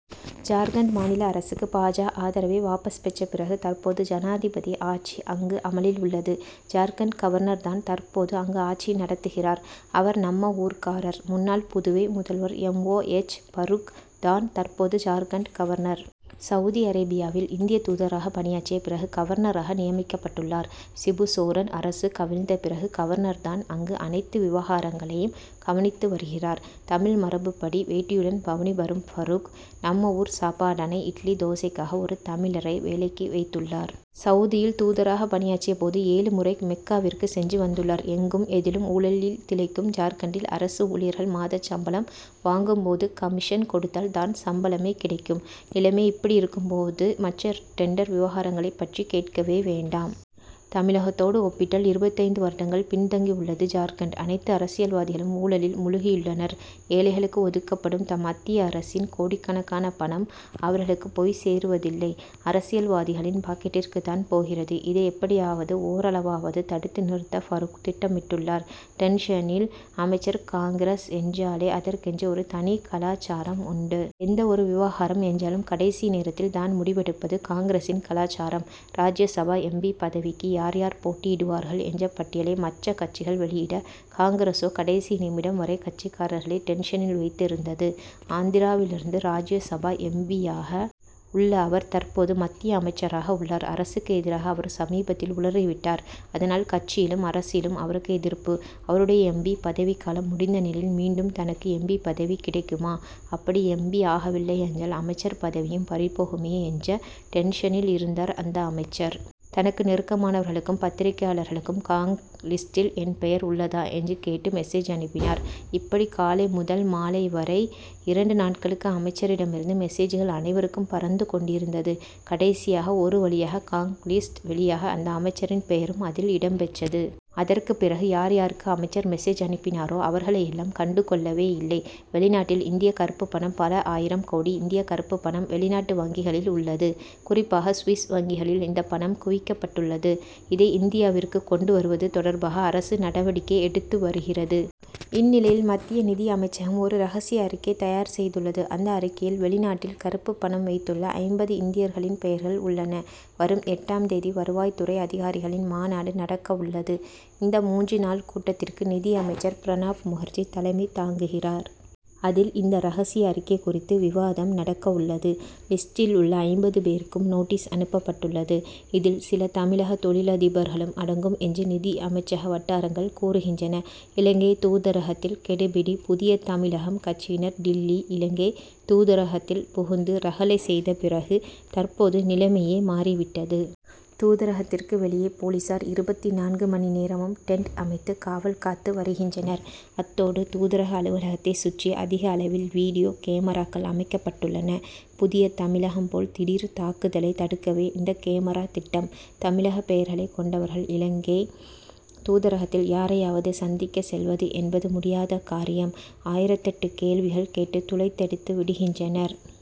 ஜார்க்கண்ட் மாநில அரசுக்கு பா. ஜ., ஆதரவை வாபஸ் பெற்ற பிறகு, தற்போது ஜனாதிபதி ஆட்சி அங்கு அமலில் உள்ளது. ஜார்க்கண்ட் கவர்னர் தான் தற்போது அங்கு ஆட்சி நடத்துகிறார். அவர் நம்ம ஊர்க்காரர். முன்னாள் புதுவை முதல்வர் எம். ஓ. எச். பரூக் தான் தற்போது ஜார்க்கண்ட் கவர்னர். சவுதி அரேபியாவில் இந்திய தூதராகப் பணியாற்றிய பிறகு கவர்னராக நியமிக்கப்பட்டுள்ளார். சிபு சோரன் அரசு கவிழ்ந்த பிறகு கவர்னர் தான் அங்கு அனைத்து விவகாரங்களையும் கவனித்து வருகிறார். தமிழ் மரபுப்படி வேட்டியுடன் பவனி வரும் பரூக், நம்ம ஊர் சாப்பாடான இட்லி தோசைக்காக ஒரு தமிழரை வேலைக்கு வைத்துள்ளார். சவுதியில் தூதராகப் பணியாற்றிய போது ஏழு முறை மெக்காவிற்கு சென்று வந்துள்ளார். எங்கும், எதிலும் ஊழலில் திளைக்கும் ஜார்க்கண்டில் அரசு ஊழியர்கள் மாத சம்பளம் வாங்கும் போது, கமிஷன் கொடுத்தால் தான் சம்பளமே கிடைக்கும். நிலைமை இப்படியிருக்கும் போது, மற்ற டெண்டர் விவகாரங்களைப் பற்றி கேட்கவே வேண்டாம். தமிழகத்தோடு ஒப்பிட்டால் இருபத்தைந்து வருடங்கள் பின் தங்கி உள்ளது ஜார்க்கண்ட். அனைத்து அரசியல்வாதிகளும் ஊழலில் முழுகியுள்ளனர். ஏழைகளுக்கு ஒதுக்கப்படும் மத்திய அரசின் கோடிக்கணக்கான பணம் அவர்களுக்கு போய் சேருவதில்லை; அரசியல்வாதிகளின் பாக்கெட்டிற்குத் தான் போகிறது. இதை எப்படியாவது ஓரளவாவது தடுத்து நிறுத்த பரூக் திட்டமிட்டுள்ளார் டென்ஷனில் அமைச்சர் காங்கிரஸ் என்றாலே அதற்கென்று ஒரு தனி கலாசாரம் உண்டு. எந்த ஒரு விவகாரம் என்றாலும் கடைசி நேரத்தில் தான் முடிவெடுப்பது காங்கிரசின் கலாசாரம். ராஜ்யசபா எம். பி., பதவிக்கு யார் யார் போட்டியிடுவார்கள் என்ற பட்டியலை மற்ற கட்சிகள் வெளியிட, காங்கிரசோ கடைசி நிமிடம் வரை கட்சிக்காரர்களை டென்ஷனில் வைத்திருந்தது. ஆந்திராவிலிருந்து ராஜ்யசபா எம். பி.,யாக உள்ள அவர் தற்போது மத்திய அமைச்சராக உள்ளார். அரசுக்கு எதிராக அவர் சமீபத்தில் உளறிவிட்டார். அதனால், கட்சியிலும் அரசிலும் அவருக்கு எதிர்ப்பு. அவருடைய எம். பி., பதவிக்காலம் முடிந்த நிலையில் மீண்டும் தனக்கு எம். பி., பதவி கிடைக்குமா? அப்படி எம். பி., ஆகவில்லையென்றால் அமைச்சர் பதவியும் பறிபோகுமே என்ற டென்ஷனில் இருந்தார் அந்த அமைச்சர். தனக்கு நெருக்கமானவர்களுக்கும், பத்திரிகையாளர்களுக்கும் காங்., லிஸ்டில் என் பெயர் உள்ளதா? என்று கேட்டு மெசேஜ் அனுப்பினார். இப்படி காலை முதல் மாலை வரை, இரண்டு நாட்களுக்கு அமைச்சரிடமிருந்து மெசேஜ்கள் அனைவருக்கும் பறந்து கொண்டிருந்தது. கடைசியாக ஒரு வழியாக காங்., லிஸ்ட் வெளியாக, அந்த அமைச்சரின் பெயரும் அதில் இடம்பெற்றது. அதற்குப் பிறகு, யார் யாருக்கு அமைச்சர் மெசேஜ் அனுப்பினாரோ, அவர்களையெல்லாம் கண்டுகொள்ளவேயில்லை. வெளிநாட்டில் இந்திய கறுப்புப்பணம் பல ஆயிரம் கோடி இந்திய கறுப்புப்பணம் வெளிநாட்டு வங்கிகளில் உள்ளது. குறிப்பாக, சுவிஸ் வங்கிகளில் இந்த பணம் குவிக்கப்பட்டுள்ளது. இதை இந்தியாவிற்கு கொண்டு வருவது தொடர்பாக அரசு நடவடிக்கை எடுத்து வருகிறது. இந்நிலையில், மத்திய நிதி அமைச்சகம் ஒரு ரகசிய அறிக்கை தயார் செய்துள்ளது. அந்த அறிக்கையில் வெளிநாட்டில் கறுப்புப்பணம் வைத்துள்ள ஐம்பது இந்தியர்களின் பெயர்கள் உள்ளன. வரும் எட்டாம் தேதி வருவாய்த்துறை அதிகாரிகளின் மாநாடு நடக்க உள்ளது. இந்த மூன்று நாள் கூட்டத்திற்கு நிதியமைச்சர் பிரணாப் முகர்ஜி தலைமை தாங்குகிறார். அதில், இந்த ரகசிய அறிக்கை குறித்து விவாதம் நடக்க உள்ளது. லிஸ்டில் உள்ள ஐம்பது பேருக்கும் நோட்டீஸ் அனுப்பப்பட்டுள்ளது. இதில், சில தமிழக தொழிலதிபர்களும் அடங்கும் என்று நிதியமைச்சக வட்டாரங்கள் கூறுகின்றன. இலங்கை தூதரகத்தில் கெடுபிடி புதிய தமிழகம் கட்சியினர் டில்லி இலங்கை தூதரகத்தில் புகுந்து ரகளை செய்த பிறகு, தற்போது நிலைமையே மாறிவிட்டது. தூதரகத்திற்கு வெளியே போலீசார் இருபத்து நான்கு மணி நேரமும் டென்ட் அமைத்து காவல் காத்து வருகின்றனர். அத்தோடு தூதரக அலுவலகத்தைச் சுற்றி அதிக அளவில் வீடியோ கேமராக்கள் அமைக்கப்பட்டுள்ளன. புதிய தமிழகம் போல திடீர் தாக்குதலைத் தடுக்கவே இந்த கேமரா திட்டம். தமிழக பெயர்களைக் கொண்டவர்கள், இலங்கை தூதரகத்தில் யாரையாவது சந்திக்க செல்வது என்பது முடியாத காரியம். ஆயிரத்தெட்டு கேள்விகள் கேட்டு துளைத்தெடுத்து விடுகின்றனர்.